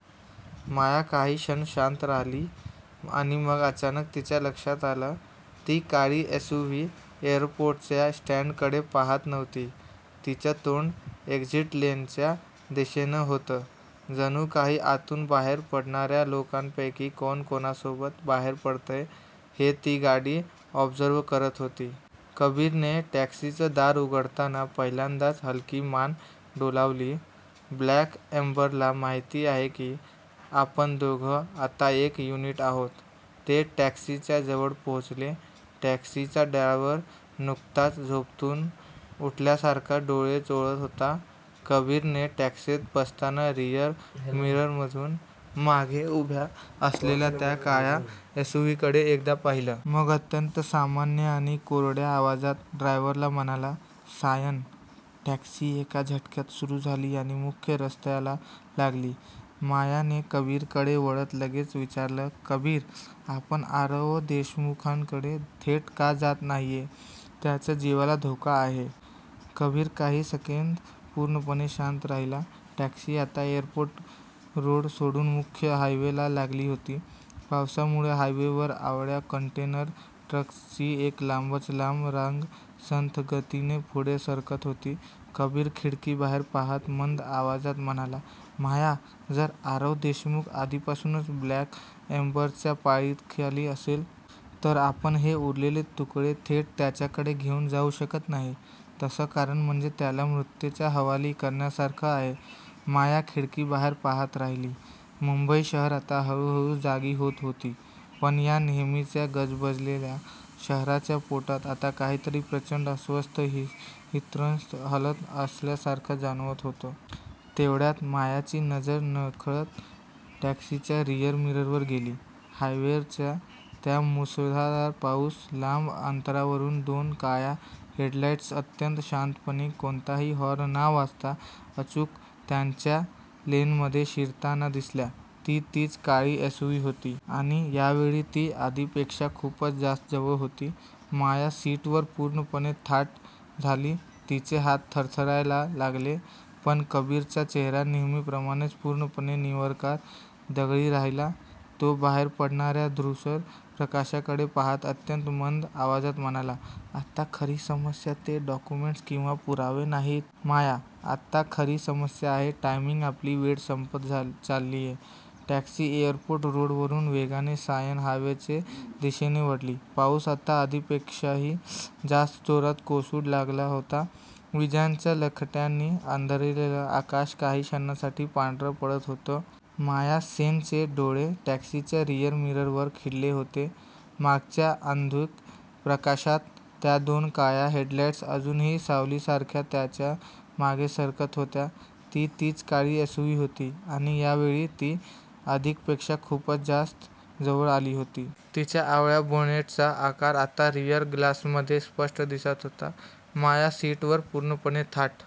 माया काही क्षण शांत राहिली, आणि मग अचानक तिच्या लक्षात आलं, ती काळी एसयूव्ही एअरपोर्टच्या एंट्रन्सकडे पाहत नव्हती. तिचं तोंड एक्झिट लेनच्या दिशेने होतं. जणू काही आतून बाहेर पडणाऱ्या लोकांपैकी कोण कोणासोबत बाहेर पडतंय, हे ती गाडी ऑब्झर्व्ह करत होती. कबीरने टॅक्सीचं दार उघडताना पहिल्यांदाच हलकी मान डोलावली. ब्लॅक एम्बरला माहिती आहे की, आपण दोघं आता एक युनिट आहोत. " ते टॅक्सीच्या जवळ पोहोचले. टॅक्सीचा ड्रायव्हर नुकताच झोपेतून उठल्यासारखा डोळे चोळत होता. कबीरने टॅक्सीत बसताना रिअर मिररमधून मागे उभ्या असलेल्या त्या काळ्या एसयूव्हीकडे एकदा पाहिलं. मग अत्यंत सामान्य आणि कोरड्या आवाजात ड्रायव्हरला म्हणाला, "सायन. " टॅक्सी एका झटक्यात सुरू झाली आणि मुख्य रस्त्याला लागली. मायाने कबीरकडे वळत लगेच विचारलं, "कबीर, आपण आरव देशमुखकडे थेट का जात नाहीये? त्याच्या जीवाला धोका आहे! " कबीर काही सेकंद पूर्णपणे शांत राहिला. टॅक्सी आता एअरपोर्ट रोड सोडून मुख्य हायवेला लागली होती. पावसामुळे हायवेवर अवाढव्य कंटेनर ट्रक्सची एक लांबच लांब रांग संथ गतीने पुढे सरकत होती. कबीर खिडकीबाहेर पाहत मंद आवाजात म्हणाला, "माया, जर आरव देशमुख आधीपासूनच ब्लॅक एम्बरच्या पाळतीखाली असेल. तर आपण हे उरलेले तुकडे थेट त्याच्याकडे घेऊन जाऊ शकत नाही. तसं करणं म्हणजे त्याला मृत्यूच्या हवाली करण्यासारखं आहे. " माया खिडकीबाहेर पाहत राहिली. मुंबई शहर आता हळूहळू जागी होत होती. पण या नेहमीच्या गजबजलेल्या शहराच्या पोटात आत्ता काहीतरी प्रचंड अस्वस्थ, हिंस्त्र हलत असल्यासारखं जाणवत होतं. तेवढ्यात, मायाची नजर नकळत टॅक्सीच्या रिअर मिररवर गेली. हायवेवरच्या त्या मुसळधार पावसात, लांब अंतरावरून दोन काळ्या हेडलाईट्स अत्यंत शांतपणे, कोणताही हॉर्न न वाजवता अचूक त्यांच्याच लेनमध्ये शिरताना दिसल्या. ती तीच काळी एसयूव्ही होती. आणि यावेळी ती आधीपेक्षा खूपच जास्त जवळ होती. माया सीटवर पूर्णपणे ताठ झाली, तिचे हात थरथरायला लागले. पण कबीरचा चेहरा नेहमीप्रमाणेच पूर्णपणे निर्विकार, दगडी राहिला. तो बाहेर पडणाऱ्या धूसर प्रकाशाकडे पाहत अत्यंत मंद आवाजात म्हणाला, "आता खरी समस्या ते डॉक्युमेंट्स किंवा पुरावे नाहीत. माया, आता खरी समस्या आहे टायमिंग आपली वेळ संपत चाललीये. " टॅक्सी एअरपोर्ट रोडवरून वेगाने सायन हायवेच्या दिशेने वळली. पाऊस आता आधीपेक्षाही जास्त जोरात कोसळू लागला होता. विजांच्या लखाट्यांनी अंधारलेलं आकाश काही क्षणांसाठी पांढरं पडत होतं. माया सेनचे डोळे टॅक्सीच्या रिअर मिररवर खिळले होते. मागच्या अंधुक प्रकाशात त्या दोन काळ्या हेडलाईट्स अजूनही सावलीसारख्या त्यांच्या मागे सरकत होत्या. ती तीच काळी एसयूव्ही होती. आणि या वेळी, ती आधीपेक्षा खूपच जास्त जवळ आली होती. तिच्या अवाढव्य बोनेटचा आकार आता रिअर ग्लासमध्ये स्पष्ट दिसत होता. माया सीटवर पूर्णपणे ताठ--